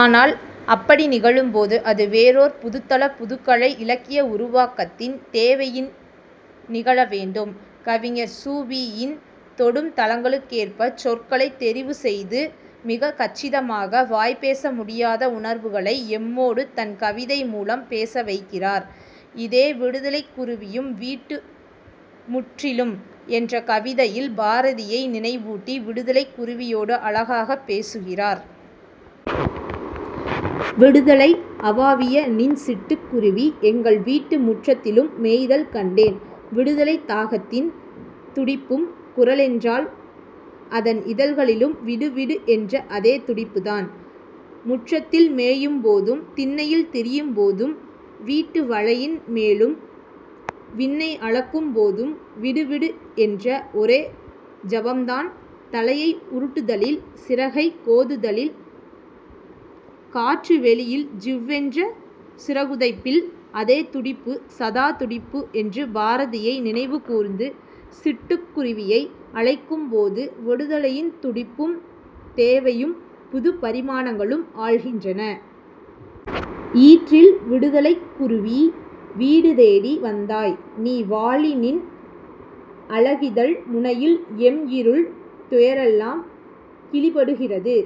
ஆனால் அப்படி நிகழும்போது அது வேறோர் புதுத்தள புதுக் கலை இலக்கிய உருவாக்கத்தின் தேவையின் நிகழ வேண்டும். கவிஞர் சு. வி. யின் தொடும் தளங்களுக்கேற்பச் சொற்களைத் தெரிவுசெய்து மிகக் கச்சிதமாக வாய்பேச முடியாத உணர்வுகளை எம்மோடு தன் கவிதை மூலம் பேசவைக்கிறார். இதே விடுதலைக் குருவியும் வீட்டு முன்றிலும் என்ற கவிதையில் பாரதியை நினைவூட்டி விடுதலைக் குருவியோடு அழகாகப் பேசுகிறார். விடுதலை அவாவிய நின் சிட்டுக் குருவி எங்கள் வீட்டு முற்றத்திலும் மேய்தல் கண்டேன். விடுதலைத் தாகத்தின் துடிப்பும் குரலென்றால் அதன் இதழ்களிலும் விடு விடு என்ற அதே துடிப்புத்தான். முற்றத்தில் மேயும் போதும் திண்ணையில் திரியும் போதும் வீட்டு வளையின் மேலும் விண்ணை அளக்கும் போதும் விடுவிடு என்ற ஒரே ஜபம்தான் தலையை உருட்டுதலில் சிறகைக் கோதுதலில் காற்று வெளியில் ஜிவ் வென்ற சிறகுதைப்பில் அதே துடிப்பு சதா துடிப்பு என்று பாரதியை நினைவுகூர்ந்து சிட்டுக் குருவியை அழைக்கும்போது விடுதலையின் துடிப்பும் தேவையும் புதுப் பரிமாணங்களும் ஆழ்கின்றன. ஈற்றில் விடுதலைக் குருவீ! வீடுதேடி வந்தாய் நீ வாழி நின் அலகிதழ் முனையில் எம் இருள் துயரெல்லாம் கிழிபடுகிறது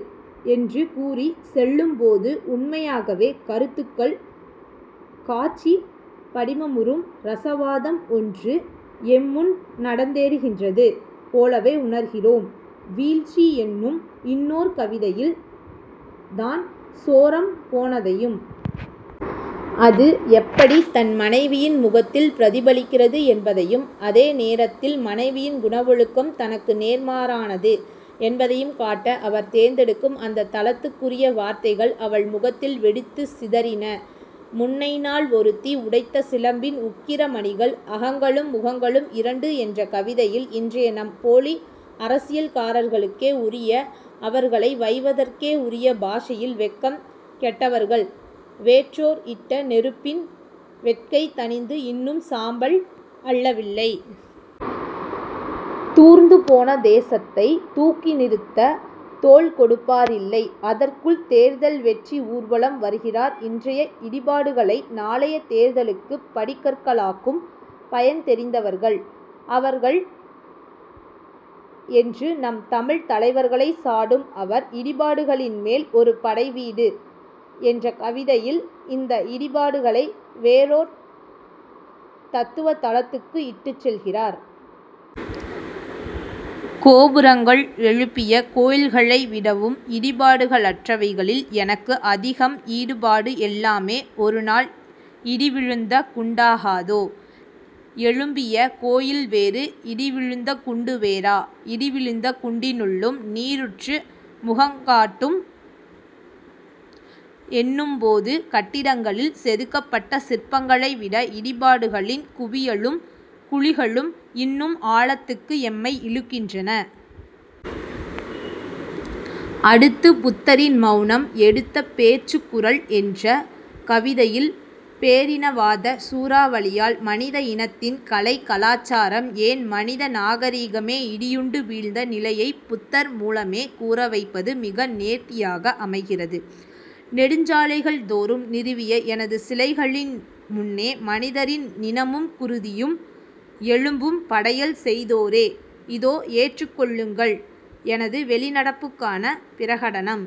என்று கூறிச் செல்லும்போது உண்மையாகவே கருத்துக்கள் காட்சிப் படிமமுறும் ரசவாதம் ஒன்று எம்முன்நடந்தேறுகின்றது போலவே உணர்கிறோம். வீழ்ச்சி என்னும் இன்னோர் கவிதையில் தான் சோரம் போனதையும் அது எப்படித் தன் மனைவியின் முகத்தில் பிரதிபலிக்கிறது என்பதையும் அதேநேரத்தில் மனைவியின் குணவொழுக்கம் தனக்கு நேர்மாறானது என்பதையும் காட்ட அவர் தேர்ந்தெடுக்கும் அந்தத் தளத்துக்குரிய வார்த்தைகள் அவள் முகத்தில் வெடித்துச் சிதறின முன்னைநாள் ஒருத்தி உடைத்த சிலம்பின் உக்கிர மணிகள் அகங்களும் முகங்களும் இரண்டு என்ற கவிதையில் இன்றைய நம் போலி அரசியல்காரர்களுக்கே உரிய அவர்களை வைவதற்கே உரிய பாஷையில் வெட்கம் கெட்டவர்கள் வேற்றோர் இட்ட நெருப்பின் வெக்கை தணிந்து இன்னும் சாம்பல் அள்ளவில்லை. தூர்ந்து போன தேசத்தைத் தூக்கி நிறுத்தத் தோள் கொடுப்பாரில்லை. அதற்குள் தேர்தல் வெற்றி ஊர்வலம் வருகிறார் இன்றைய இடிபாடுகளை நாளைய தேர்தலுக்கு படிக் கற்களாக்கும் பயன் தெரிந்தவர்கள் அவர்கள் என்று நம் தமிழ்த் தலைவர்களைச் சாடும் அவர் இடிபாடுகளின்மேல் ஒரு படைவீடு என்ற கவிதையில் இந்த இடிபாடுகளை வேறோர் தத்துவத் தளத்துக்கு இட்டுச் செல்கிறார். கோபுரங்கள் எழுப்பிய கோயில்களை விடவும் இடிபாடுற்றவைகளில் எனக்கு அதிகம் ஈடுபாடு எல்லாமே ஒரு நாள் இடிவிழுந்த குண்டாகாதோ? எழும்பிய கோயில் வேறு. இடிவிழுந்தகுண்டு வேறா? இடிவிழுந்த குண்டினுள்ளும் நீருற்று முகங்காட்டும். என்னும்போது கட்டடங்களில் செதுக்கப்பட்ட சிற்பங்களை விட இடிபாடுகளின் குவியலும் குழிகளும் இன்னும் ஆழத்துக்கு எம்மை இழுக்கின்றன. அடுத்து புத்தரின் மௌனம் எடுத்த பேச்சுக் குரல் என்ற கவிதையில் பேரினவாதச் சூறாவளியால் மனித இனத்தின் கலை கலாசாரம் ஏன் மனித நாகரிகமே இடியுண்டு வீழ்ந்த நிலையை புத்தர் மூலமே கூறவைப்பது மிக நேர்த்தியாக அமைகிறது. நெடுஞ் சாலைகள்தோறும் நிறுவிய எனது சிலைகளின் முன்னே மனிதரின் நிணமும் குருதியும் எலும்பும் படையல் செய்தோரே இதோ ஏற்றுக் கொள்ளுங்கள் எனது வெளிநடப்புக்கான பிரகடனம்.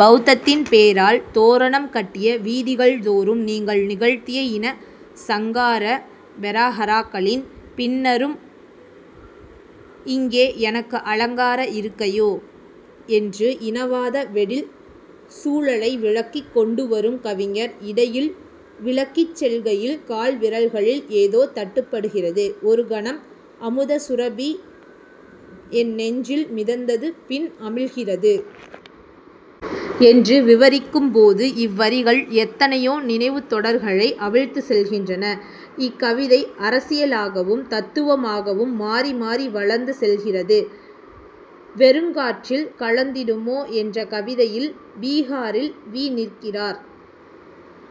பௌத்தத்தின் பேரால் தோரணம் கட்டிய வீதிகள் தோறும் நீங்கள் நிகழ்த்திய இன சங்காரப் பெரஹராக்களின் பின்னரும் இங்கே எனக்கு அலங்கார இருக்கையோ? என்று இனவாத வெடில் சூழலை விளக்கிக் கொண்டு வரும் கவிஞர் இடையில் விலகி செல்கையில் கால்விரல்களில் ஏதோ தட்டுப்படுகிறது. ஒரு கணம் அமுத சுரபி என் நெஞ்சில் மிதந்து பின் அமிழ்கிறது. என்று விவரிக்கும் போது இவ்வரிகள் எத்தனையோ நினைவுத் தொடர்களை அவிழ்த்துச் செல்கின்றன. இக்கவிதை அரசியலாகவும், தத்துவமாகவும் மாறி மாறி வளர்ந்து செல்கிறது. வெறுங் காற்றில் கலந்திடுமோ என்ற கவிதையில் பீகாரில் வி. நிற்கிறார்.